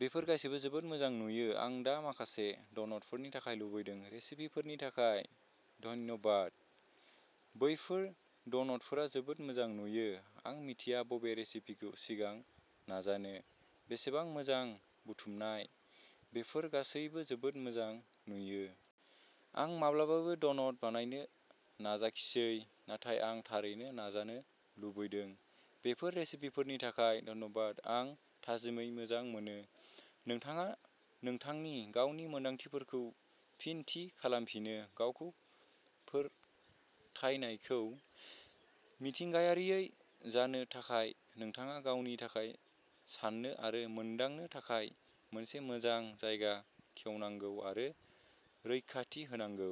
बेफोर गासैबो जोबोद मोजां नुयो, आं दा माखासे ड'नटफोरनि थाखाय लुबैदों। रेसिपिफोरनि थाखाय धन्यबा! बैफोर ड'नटफोरा जोबोद मोजां नुयो। आं मिथिया बबे रेसिपिखौ सिगां नाजानो। बेसेबां मोजां बुथुमनाय। बेफोर गासैबो जोबोद मोजां नुयो। आं माब्लाबाबो ड'नट बानायनो नाजाखिसै नाथाय आं थारैनो नाजानो लुबैदों। बेफोर रेसिपिफोरनि थाखाय धन्यबाद! आं थाजिमै मोजां मोनो। नोंथाङा नोंथांनि गावनि मोन्दांथिफोरखौ फिन थि खालामफिनो। गावखौ फोथायनायखौ मिथिंगायारियै जानो थाखाय नोंथाङा गावनि थाखाय साननो आरो मोनदांनो थाखाय मोनसे मोजां जायगा खेवनांगौ आरो रैखाथि होनांगौ।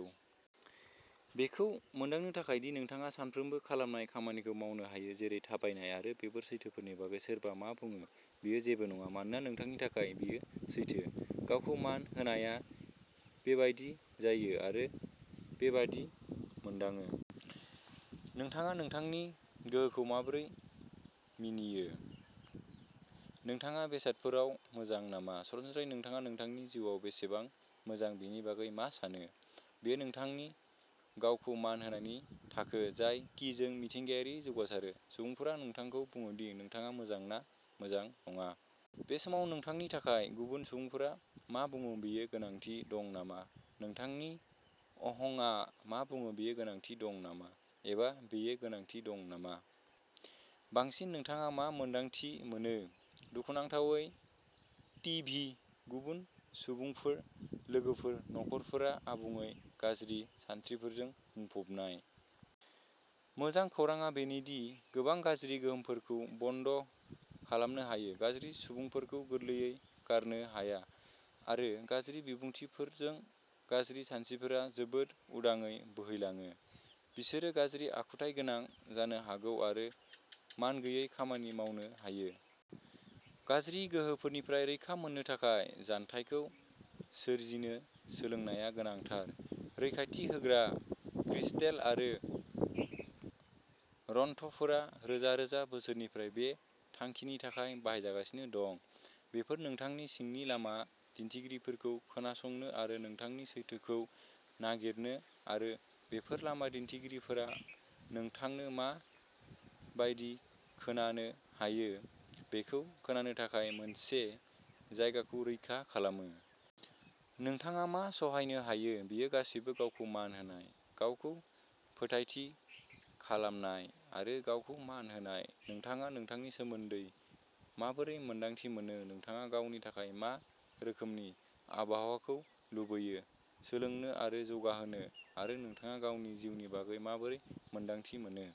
बेखौ मोनदांनो थाखाय दि नोंथाङा सानफ्रोमबो खालामनाय खामानिफोरखौ मावनो हायो, जेरै थाबायनाय आरो बेफोर सैथोफोरनि बागै सोरबा मा बुङो बेयो जेबो नङा मानोना नोंथांनि थाखाय, बेयो सैथो। गावखौ मान होनायआ बेबायदि जायो आरो बेबादि मोनदाङो। नोंथाङा नोंथांनि गोहोखौ माबोरै मानियो। नोंथाङा बेसादफोराव मोजां नामा? सरासनस्रायै, नोंथाङा नोंथांनि जिउआव बेसेबां मोजां बेनि बागै मा सानो। बेयो नोंथांनि गावखौ मान होनायनि थाखो, जाय किजों मिथिंगायारियै जौगायो। सुबुंफोरा नोंथांखौ बुङो दि नोंथाङा मोजां ना मोजां नङा? बे समाव नोंथांनि थाखाय गुबुन सुबुंफोरा मा बुङो बेयो गोनांथि दं नामा? नोंथांनि अहंआ मा बुङो बेयो गोनांथि दं नामा? एबा बेयो गोनांथि दं नामा? बांसिन नोंथाङा मा मोन्दांथि मोनो। दुखुनांथावै, टिभि, गुबुन सुबुंफोर, लोगोफोर, नखरफोरा आबुङै गाज्रि सानस्रिफोरजों बुंफबनाय। मोजां खौरांआ बेनो दि गोबां गाज्रि गोहोमफोरखौ बन्द खालामनो हायो। गाज्रि सुबुंफोरखौ गोरलैयै गारनो हाया आरो गाज्रि बिबुंथिफोरजों गाज्रि सानस्रिफोरा जोबोद उदाङै बोहैलाङो, बिसोरो गाज्रि आखुथायगोनां जानो हागौ आरो मानगैयै खामानि मावनो हायो। गाज्रि गोहोफोरनिफ्राय रैखा मोननो थाखाय जानथायखौ सोरजिनो सोलोंनाया गोनांथार। रैखाथि होग्रा क्रिस्टेल आरो रनथ'फोरा रोजा-रोजा बोसोरफोरनिफ्राय बे थांखिनि थाखाय बाहायजागासिनो दं। बेफोर नोंथांनि सिंनि लामा दिन्थिगिरिफोरखौ खोनासंनो आरो नोंथांनि सैथोखौ नागिरनो आरो बेफोर लामा दिन्थिगिरिफोरा नोंथांनो मा बायदि खोनानो हायो बेखौ खोनानो थाखाय मोनसे जायगाखौ रैखा खालामो। नोंथाङा मा सहायनो हायो बेयो गासैबो गावखौ मान होनाय, गावखौ फोथायथि खालामनाय आरो गावखौ मान होनाय। नोंथाङा नोंथांनि सोमोन्दै माबोरै मोन्दांथि मोनो, नोंथाङा गावनि थाखाय मा रोखोमनि आबहावाखौ लुबैयो, सोलोंनो आरो जौगाहोनो, आरो नोंथाङा गावनि जिउनि बागै माबोरै मोन्दांथि मोनो।